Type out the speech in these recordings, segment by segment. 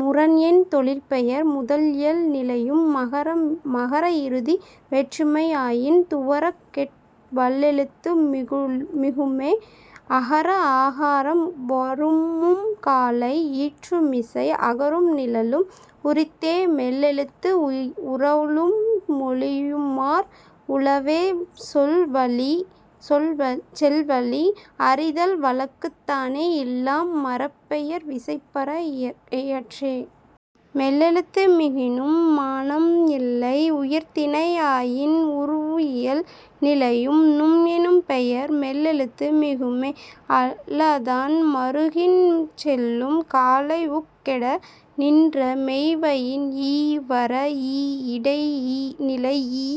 முரண் என் தொழிற்பெயர் முதல் இயல் நிலையும். மகர இறுதி வேற்றுமை ஆயின் துவரக் கெட்டு வல்லெழுத்து மிகுமே. அகர ஆகாரம் வரூஉம் காலை ஈற்றுமிசை அகரம் நிழலும் உரித்தே. மெல்லெழுத்து உறழும் மொழியுமார் உளவே செல் வழி அறிதல் வழக்கத்தன. இல்லம் மரப்பெயர் விசைபர இயற்றே. மெல்லெழுத்து மிகினும் மானம் இல்லை. உயர்திணை ஆயின் உருபு இயல் நிலையும். நும் என் ஒரு பெயர் மெல்லெழுத்து மிகுமே. அல்லதன் மருங்கின் செல்லும் காலை உக் கெட நின்ற மெய்வயின் ஈ வர இ இடை நிலைஇ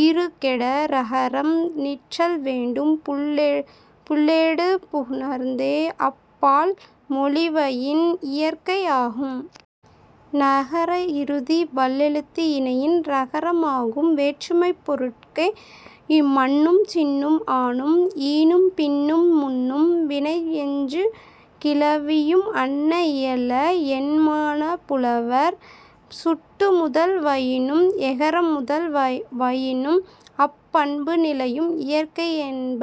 ஈறு கெட ரகரம் நிற்றல் வேண்டும் புள்யேடு புணர்ந்தே அப் பால் மொழிவயின் இயற்கை ஆகும். னகர இறுதி வல்லெழுத்து இனையின் றகாரம் ஆகும் வேற்றுமைப் பொருட்கே. இம் மண்ணும் சின்னும் ஆனும் ஈனும் பின்னும் முன்னும் வினையெஞ்சு கிளவியும் அன்ன இயல என்மனார் புலவர். சுட்டு முதல் வயினும் எகரம் முதல் வயினும் அப் பண்பு நிலையும் இயற்கை என்ப.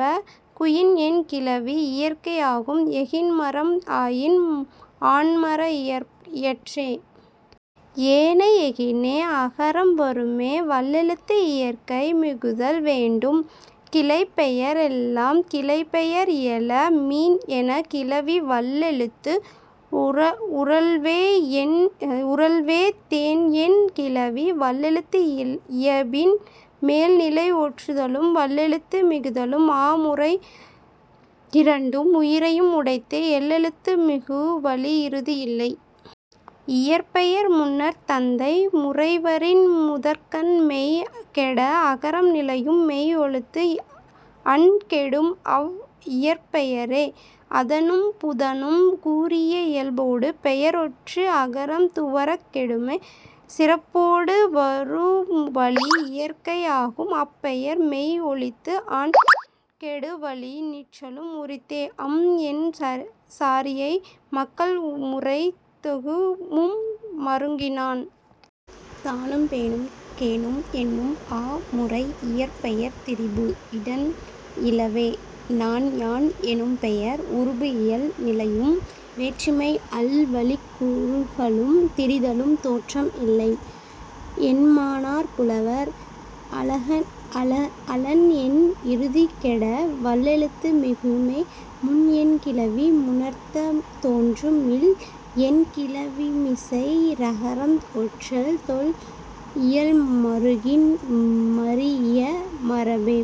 குயின் என் கிளவி இயற்கை ஆகும் எகின் மரம் ஆயின் ஆண்மர இயற்றே. ஏனை எகினே அகரம் வருமே வல்லெழுத்து இயற்கை மிகுதல் வேண்டும். கிளைப்பெயர் எல்லாம் கிளைப்பெயர் இயல. மீன் என கிளவி வல்லெழுத்து உறழ்வே தேன் என் கிளவி வல்லெழுத்து இயையின் மேல் நிலை ஒற்றுதலும் வல்லெழுத்து மிகுதலும் ஆ முறை இரண்டும் உயிரியும் உடைத்தே எல்லெழுத்து மிகு வழி இறுதி இல்லை. இயற்பெயர் முன்னர்த் தந்தை முறை வரின் முதற்கண் மெய் கெட அகரம் நிலையும் மெய் ஒழித்து அன் கெடும் அவ் இயற்பெயரே. அதனும் புதனும் கூறிய இயல்பொடு பெயர் ஒற்று அகரம் துவரக் கெடுமே. சிறப்பொடு வரு வழி இயற்கை ஆகும். அப் பெயர் மெய் ஒழித்து அன் கெடு வழியே நிற்றலும் உரித்தே அம் என் சாரியை மக்கள் முறை தொகூஉம் மருங்கினான். தானும் பேனும் கேனும் என்னும் ஆ முறை இயற்பெயர் திரிபு இடன் இலவே. நான் யான் எனும் பெயர் உருபு இயல் நிலையும். வேற்றுமை அல் வழிக் குறுகலும் திரிதலும் தோற்றம் இல்லை என்மனார் புலவர். அழன் என் இறுதி கெட வல்லெழுத்து மிகுமே. முன் என் கிளவி முன்னர்த் தோன்றும் இல் என் கிளவிமிசை றகரம் ஒற்றல் தொல் இயல் மருங்கின் மரீஇய மரபே.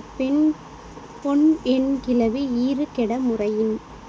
பொன் என் கிளவி ஈறு கெட முறையின்